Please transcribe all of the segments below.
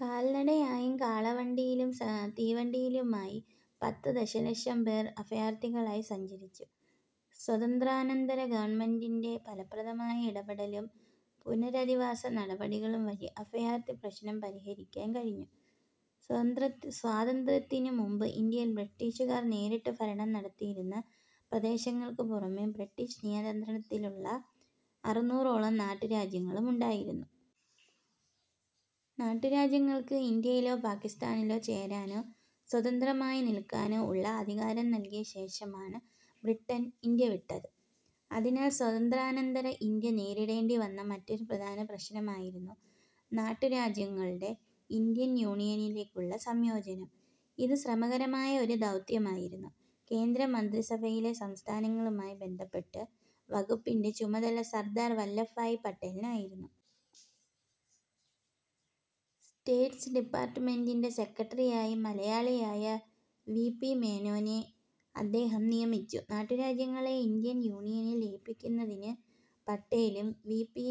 കാൽനടയായും കാളവണ്ടിയിലും തീവണ്ടിയിലുമായി പത്ത് ദശലക്ഷം പേർ അഭയാർഥികളായി സഞ്ചരിച്ചു. സ്വാതന്ത്ര്യാനന്തര ഗവൺമെന്റിന്റെ ഫലപ്രദമായ ഇടപെടലും പുനരധിവാസ നടപടികളും വഴി അഭയാർഥി പ്രശ്നം പരിഹരിക്കാൻ കഴിഞ്ഞു. സ്വാതന്ത്ര്യത്തിനു മുമ്പ് ഇന്ത്യയിൽ ബ്രിട്ടീഷുകാർ നേരിട്ടു ഭരണം നടത്തിയിരുന്ന പ്രദേശങ്ങൾക്കു പുറമെ ബ്രിട്ടീഷ് നിയന്ത്രണത്തിലുള്ള അറുനൂറോളം നാട്ടുരാജ്യങ്ങളും ഉണ്ടായിരുന്നു. നാട്ടുരാജ്യങ്ങൾക്ക് ഇന്ത്യയിലോ പാകിസ്ഥാനിലോ ചേരാനോ സ്വതന്ത്രമായി നിൽക്കാനോ ഉള്ള അധികാരം നൽകിയ ശേഷമാണ് ബ്രിട്ടൻ ഇന്ത്യ വിട്ടത്. അതിനാൽ സ്വാതന്ത്ര്യാനന്തര ഇന്ത്യ നേരിടേണ്ടിവന്ന മറ്റൊരു പ്രധാന പ്രശ്നമായിരുന്നു നാട്ടുരാജ്യങ്ങളുടെ ഇന്ത്യൻ യൂണിയനിലേക്കുള്ള സംയോജനം. ഇത് ശ്രമകരമായ ഒരു ദൗത്യമായിരുന്നു. കേന്ദ്ര മന്ത്രിസഭയിലെ സംസ്ഥാനങ്ങളുമായി ബന്ധപ്പെട്ട വകുപ്പിന്റെ ചുമതല സർദാർ വല്ലഭ്ഭായ് പട്ടേലിനായിരുന്നു. സ്റ്റേറ്റ്സ് ഡിപാർട്ട്മെന്റിന്റെ സെക്രട്ടറിയായി മലയാളിയായ വി. പി. മേനോനെ അദ്ദേഹം നിയമിച്ചു. നാട്ടുരാജ്യങ്ങളെ ഇന്ത്യൻ യൂണിയനിൽ ലയിപ്പിക്കുന്നതിന് പട്ടേലും വി. പി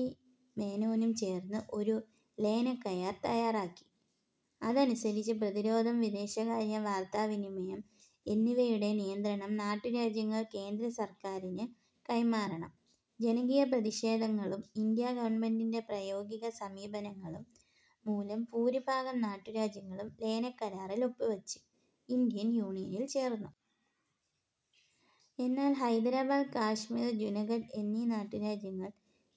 മേനോനും ചേർന്ന് ഒരു ലയനക്കരാർ തയാറാക്കി. അതനുസരിച്ച് പ്രതിരോധം, വിദേശകാര്യം, വാർത്താവിനിമയം എന്നിവയുടെ നിയന്ത്രണം നാട്ടുരാജ്യങ്ങൾ കേന്ദ്രസർക്കാരിന് കൈമാറണം. ജനകീയ പ്രതിഷേധങ്ങളും ഇന്ത്യാ ഗവൺമെന്റിന്റെ പ്രായോഗികസമീപനങ്ങളും മൂലം ഭൂരിഭാഗം നാട്ടുരാജ്യങ്ങളും ലയനക്കരാറിൽ ഒപ്പുവച്ച് ഇന്ത്യൻ യൂണിയനിൽ ചേർന്നു. എന്നാൽ ഹൈദരാബാദ്, കാശ്മീർ, ജുനഗഡ് എന്നീ നാട്ടുരാജ്യങ്ങൾ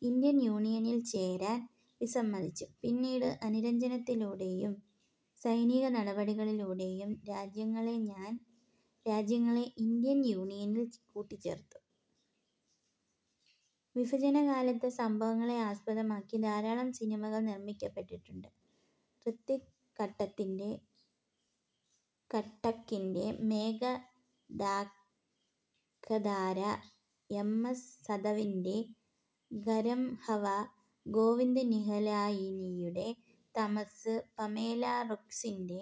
ഇന്ത്യൻ യൂണിയനിൽ ചേരാൻ വിസമ്മതിച്ചു. പിന്നീട് അനുരഞ്ജനത്തിലൂടെയും സൈനിക നടപടിയിലൂടെയും രാജ്യങ്ങളെ ഇന്ത്യൻ യൂണിയനിൽ കൂട്ടിച്ചേർത്തു. വിഭജനകാലത്തെ സംഭവങ്ങളെ ആസ്പദമാക്കി ധാരാളം സിനിമകൾ നിർമിക്കപ്പെട്ടിട്ടുണ്ട്. ഋത്വിക് ഘട്ടക്കിന്റെ "മേഘ ധാക്കധാര', എം. എസ്. സതവിന്റെ "ഗരംഹവ', ഗോവിന്ദ് നിഹലാനിയുടെ തമസ്സ്', പമേല റൂക്ക്സിന്റെ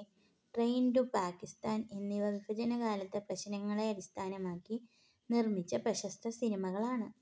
"ട്രെയിൻ ടു പാകിസ്ഥാൻ' എന്നിവ വിഭജനകാലത്തെ പ്രശ്നങ്ങളെ അടിസ്ഥാനമാക്കി നിർമിച്ച പ്രശസ്ത സിനിമകളാണ്.